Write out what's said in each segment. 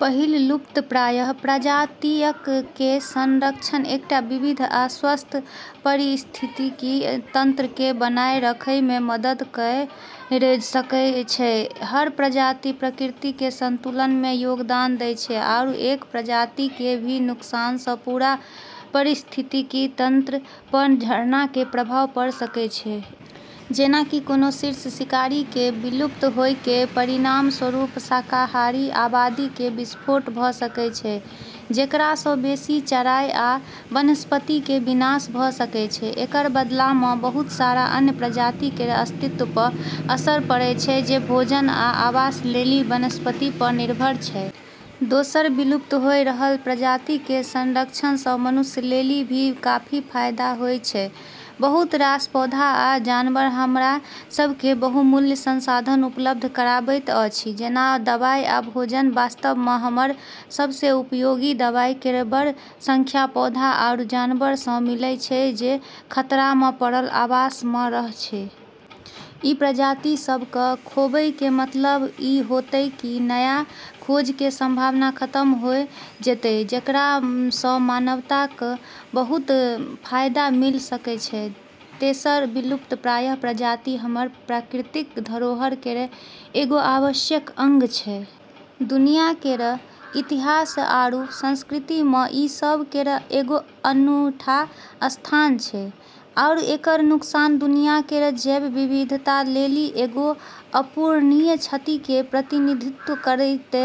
पहिल, लुप्तप्राय प्रजातियक कें संरक्षण एकटा विविध आ स्वस्थ पारिस्थितिकी तंत्र कें बनाए रखय मे मदद कयर सकय छै. हर प्रजाति प्रकृति के संतुलन में योगदान दै छै, आरू एक प्रजाति के भी नुकसान स॑ पूरा पारिस्थितिकी तंत्र प॑ झरना के प्रभाव पड़॑ सकै छै। जेना कि कोनों शीर्ष शिकारी कें विलुप्त होय कें परिणामस्वरूप शाकाहारी आबादी कें विस्फोट भ सकय छै, जेकरा सं बेसि चराई आ वनस्पति कें विनाश भ सकय छै. एकरऽ बदला म॑ बहुत सारा अन्य प्रजाति केरऽ अस्तित्व प॑ असर पड़ै छै जे भोजन या आवास लेली वनस्पति प॑ निर्भर छै। दोसर, विलुप्त होय रहलऽ प्रजाति के संरक्षण स॑ मनुष्य लेली भी काफी फायदा होय छै। बहुत रास पौधा आ जानवर हमरा सब के बहुमूल्य संसाधन उपलब्ध कराबैत अछि, जेना दवाई आ भोजन। वास्तव म॑ हमरऽ सबसें उपयोगी दवाई केरऽ बड़ऽ संख्या पौधा आरू जानवरऽ स॑ मिलै छै जे खतरा म॑ पड़लऽ आवास म॑ रह॑ छै। ई प्रजाति सब क॑ खोबै के मतलब ई होतै कि नया खोज के संभावना खतम होय जैतै जेकरा स॑ मानवता क॑ बहुत फायदा मिल॑ सकै छै। तेसर, लुप्तप्राय प्रजाति हमरऽ प्राकृतिक धरोहर केरऽ एगो आवश्यक अंग छै। दुनिया केरऽ इतिहास आरू संस्कृति म॑ ई सब केरऽ एगो अनूठा स्थान छै, आरू एकरऽ नुकसान दुनिया केरऽ जैव विविधता लेली एगो अपूरणीय क्षति के प्रतिनिधित्व करतै।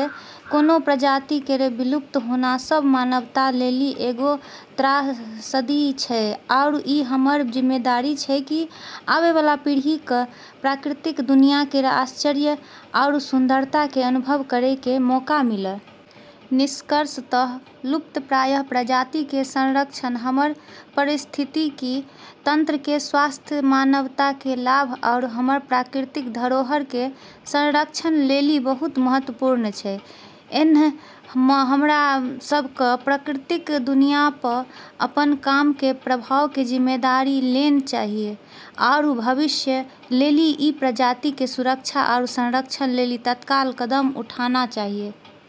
कोनो प्रजाति केरऽ विलुप्त होना सब मानवता लेली एगो त्रासदी छै, आरू ई हमरऽ जिम्मेदारी छै कि आबै वाला पीढ़ी क॑ प्राकृतिक दुनिया केरऽ आश्चर्य आरू सुंदरता के अनुभव करै के मौका मिल॑। निष्कर्षतः, लुप्तप्राय प्रजाति के संरक्षण हमरऽ पारिस्थितिकी तंत्र के स्वास्थ्य, मानवता के लाभ, आरू हमरऽ प्राकृतिक धरोहर के संरक्षण लेली बहुत महत्वपूर्ण छै। ऐन्हऽ म॑ हमरा सब क॑ प्राकृतिक दुनिया प॑ अपनऽ काम के प्रभाव के जिम्मेदारी लेन॑ चाहियऽ आरू भविष्य लेली ई प्रजाति के सुरक्षा आरू संरक्षण लेली तत्काल कदम उठाना चाहियऽ।